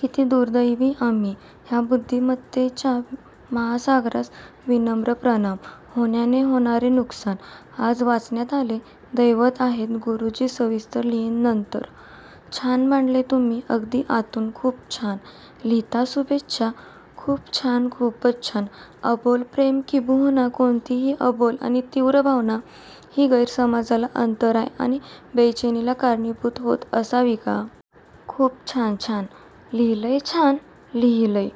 किती दुर्दैवी आम्ही? ह्या बुद्धिमत्तेच्या महासागरास विनम्र प्रणाम. होण्याने होणारे नुकसान. आज वाचण्यात आले. दैवत आहेत गुरुजी, सविस्तर लिहीन नन्तर. छान मांडलय तुम्ही. अगदी आतून. खूप छान लिहीताशुभेच्छा! खूप छानखूपच छान. अबोल प्रेम किंबहुना कोणतीही अबोल आणि तीव्र भावना ही गैरसमजाला, अंतराय आणि बेचैनीला कारणीभूत होत असावी का? खूप छानछान लिहिलंयछान लिहिलयं!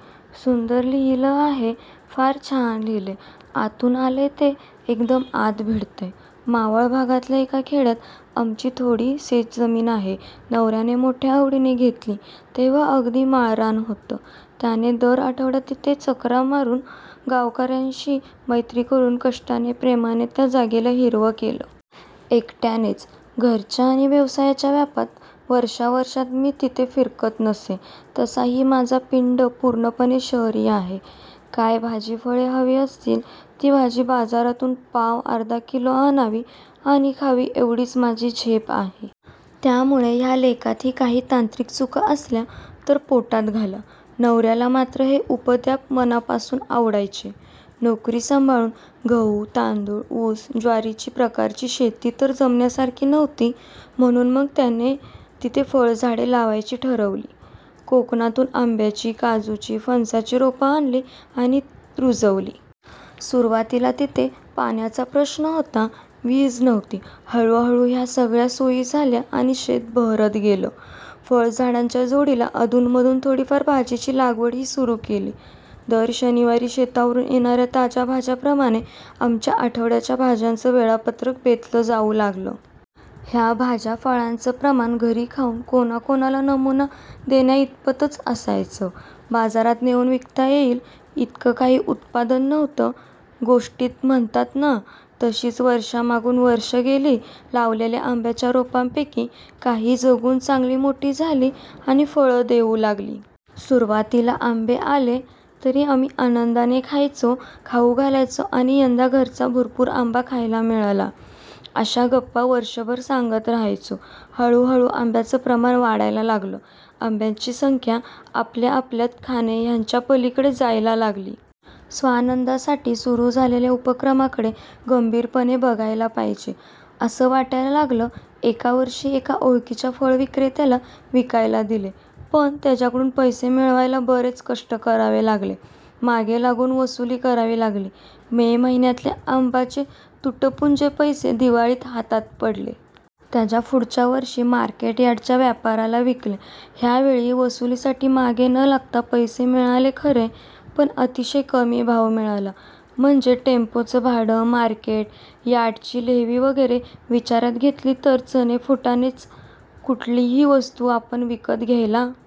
सुंदर लिहील आहे! फार छान लिहिलंय, आतून आलंय ते, एकदम आत भिडतंय. मावळ भागातल्या एका खेड्यात आमची थोडी शेतजमीन आहे. नवऱ्याने मोठ्या आवडीने घेतली, तेव्हा अगदी माळरान होतं. त्याने दर आठवड्यात तिथे चकरा मारून, गावकऱ्यांशी मैत्री करून, कष्टाने-प्रेमाने त्या जागेला हिरवं केलं. एकट्यानेच. घरच्या आणि व्यवसायाच्या व्यापात वर्षावर्षात मी तिथे फिरकत नसे. तसाही माझा पिंड पूर्णपणे शहरी आहे. काय भाजी- फळे हवी असतील, ती भाजी बाजारातून पाव-अर्धा किलो आणावी आणि खावी एवढीच माझी झेप आहे. त्यामुळे ह्या लेखातही काही तांत्रिक चुका असल्या, तर पोटात घाला. नवऱ्याला मात्र हे उपद्व्याप मनापासून आवडायचे. नोकरी सांभाळून गहू-तांदूळ-ऊस-ज्वारीची प्रकारची शेती तर जमण्यासारखी नव्हती. म्हणून मग त्याने तिथे फळझाडे लावायची ठरवली. कोकणातून आंब्यांची, काजूची, फणसाची रोपं आणली आणि रुजवली. सुरवातीला तिथे पाण्याचा प्रश्न होता, वीज नव्हती. हळूहळू ह्या सगळ्या सोयी झाल्या आणि शेत बहरत गेलं. फळझाडांच्या जोडीला अधूनमधून थोडीफार भाजीची लागवडही सुरू केली. दर शनिवारी शेतावरून येणाऱ्या ताज्या भाज्यांप्रमाणे आमच्या आठवड्याचा भाज्यांचं वेळापत्रक बेतलं जाऊ लागलं. ह्या भाज्या- फळांचं प्रमाण घरी खाऊन कोणाकोणाला नमुना देण्याइतपतच असायचं. बाजारात नेऊन विकता येईल, इतकं काही उत्पादन नव्हतं. गोष्टीत म्हणतात ना, तशीच वर्षामागून वर्ष गेली. लावलेल्या आंब्यांच्या रोपांपैकी काही जगून चांगली मोठी झाली आणि फळं देऊ लागली. सुरवातीला आंबे आले, तरी आम्ही आनंदाने खायचो, खाऊ घालायचो आणि 'यंदा घरचा भरपूर आंबा खायला मिळाला' अशा गप्पा वर्षभर सांगत राहायचो. हळूहळू आंब्यांचं प्रमाण वाढायला लागलं. आंब्यांची संख्या आपल्या आपल्यात खाणे ह्याच्या पलीकडे जायला लागली. स्वानंदासाठी सुरू झालेल्या उपक्रमाकडे गंभीरपणे बघायला पाहिजे, असं वाटायला लागलं. एका वर्षी एका ओळखीच्या फळविक्रेत्याला विकायला दिले. पण त्याच्याकडून पैसे मिळवायला बरेच कष्ट करावे लागले, मागे लागून वसुली करावी लागली. मे महिन्यातल्या आंब्यांचे तुटपुंजे पैसे दिवाळीत हातात पडले. त्याच्या पुढच्या वर्षी मार्केट यार्डच्या व्यापाऱ्याला विकले. ह्या वेळी वसुलीसाठी मागे न लागता पैसे मिळाले खरे. पण अतिशय कमी भाव मिळाला. म्हणजे टेम्पोचं भाडं, मार्केट यार्डची लेव्ही वगैरे विचारात घेतली, तर चणे-फुटाणेच. कुठलीही वस्तू आपण विकत घ्यायला